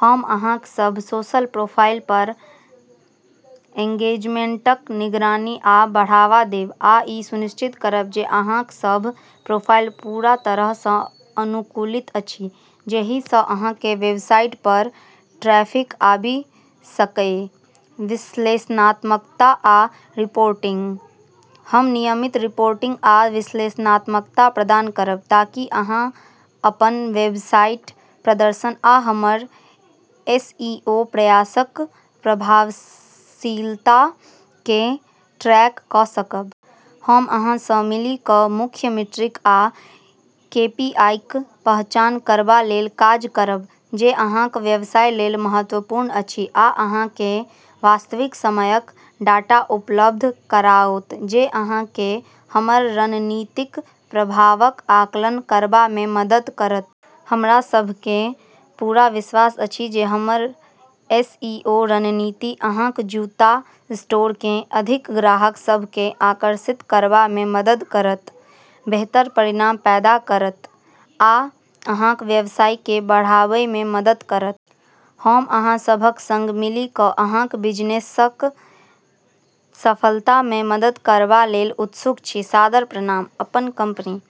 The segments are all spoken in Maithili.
हम अहाँक सभ सोशल प्रोफाइल पर एंगेजमेंटक निगरानी आ बढ़ावा देब, आ ई सुनिश्चित करब जे अहाँक सभ प्रोफाइल पूरा तरह सँ अनुकूलित अछि जेहि सँ अहाँक वेबसाइट पर ट्रैफिक आबि सकए। विश्लेषणात्मकता आ रिपोर्टिंग: हम नियमित रिपोर्टिंग आ विश्लेषणात्मकता प्रदान करब, ताकि अहाँ अपन वेबसाइटक प्रदर्शन आ हमर एसईओ प्रयासक प्रभावशीलता केँ ट्रैक कऽ सकब। हम अहाँ सँ मिलि कऽ मुख्य मीट्रिक आ केपीआईक पहचान करबा लेल काज करब जे अहाँक व्यवसाय लेल महत्वपूर्ण अछि, आ अहाँ केँ वास्तविक समयक डाटा उपलब्ध कराओत जे अहाँ केँ हमर रणनीतिक प्रभावक आकलन करबा मे मदद करत। हमरा सभ केँ पूरा विश्वास अछि जे हमर एसईओ रणनीति अहाँक जूता स्टोर केँ अधिक ग्राहक सभ केँ आकर्षित करबा मे मदद करत, बेहतर परिणाम पैदा करत, आ अहाँक व्यवसाय केँ बढ़ाबय मे मदद करत। हम अहाँ सभक संग मिलि कऽ अहाँक बिजनेसक सफलता मे मदद करबा लेल उत्सुक छी। सादर प्रणाम, [अपन कंपनी]।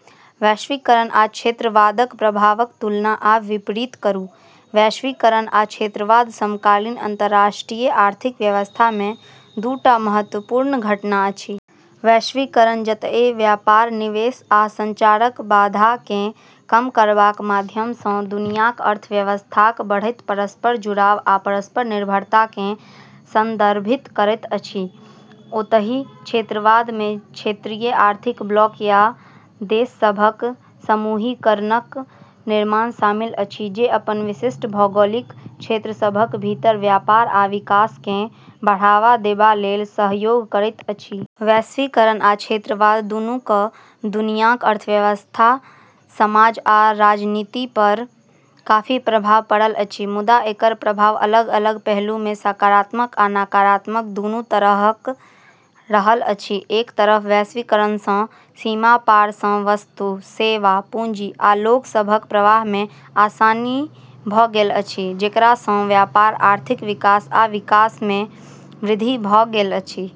वैश्वीकरण आ क्षेत्रवादक प्रभावक तुलना आ विपरीत करू। वैश्वीकरण आ क्षेत्रवाद समकालीन अंतर्राष्ट्रीय आर्थिक व्यवस्था मे दू टा महत्वपूर्ण घटना अछि। वैश्वीकरण जतए व्यापार, निवेश, आ संचारक बाधा केँ कम करबाक माध्यम सँ दुनियाक अर्थव्यवस्थाक बढ़ैत परस्पर जुड़ाव आ परस्पर निर्भरता केँ संदर्भित करैत अछि, ओतहि क्षेत्रवाद मे क्षेत्रीय आर्थिक ब्लॉक या देश सभक समूहीकरणक निर्माण शामिल अछि जे अपन विशिष्ट भौगोलिक क्षेत्र सभक भीतर व्यापार आ विकास केँ बढ़ावा देबा लेल सहयोग करैत अछि। वैश्वीकरण आ क्षेत्रवाद दुनू क दुनियाक अर्थव्यवस्था, समाज आ राजनीति पर काफी प्रभाव पड़ल अछि। मुदा एकर प्रभाव अलग-अलग पहलू मे सकारात्मक आ नकारात्मक दुनू तरहक रहल अछि। एक तरफ वैश्वीकरण सँ सीमा पार सँ वस्तु, सेवा, पूंजी, आ लोक सभक प्रवाह मे आसानी भऽ गेल अछि जेकरा सँ व्यापार, आर्थिक विकास आ विकास मे वृद्धि भऽ गेल अछि।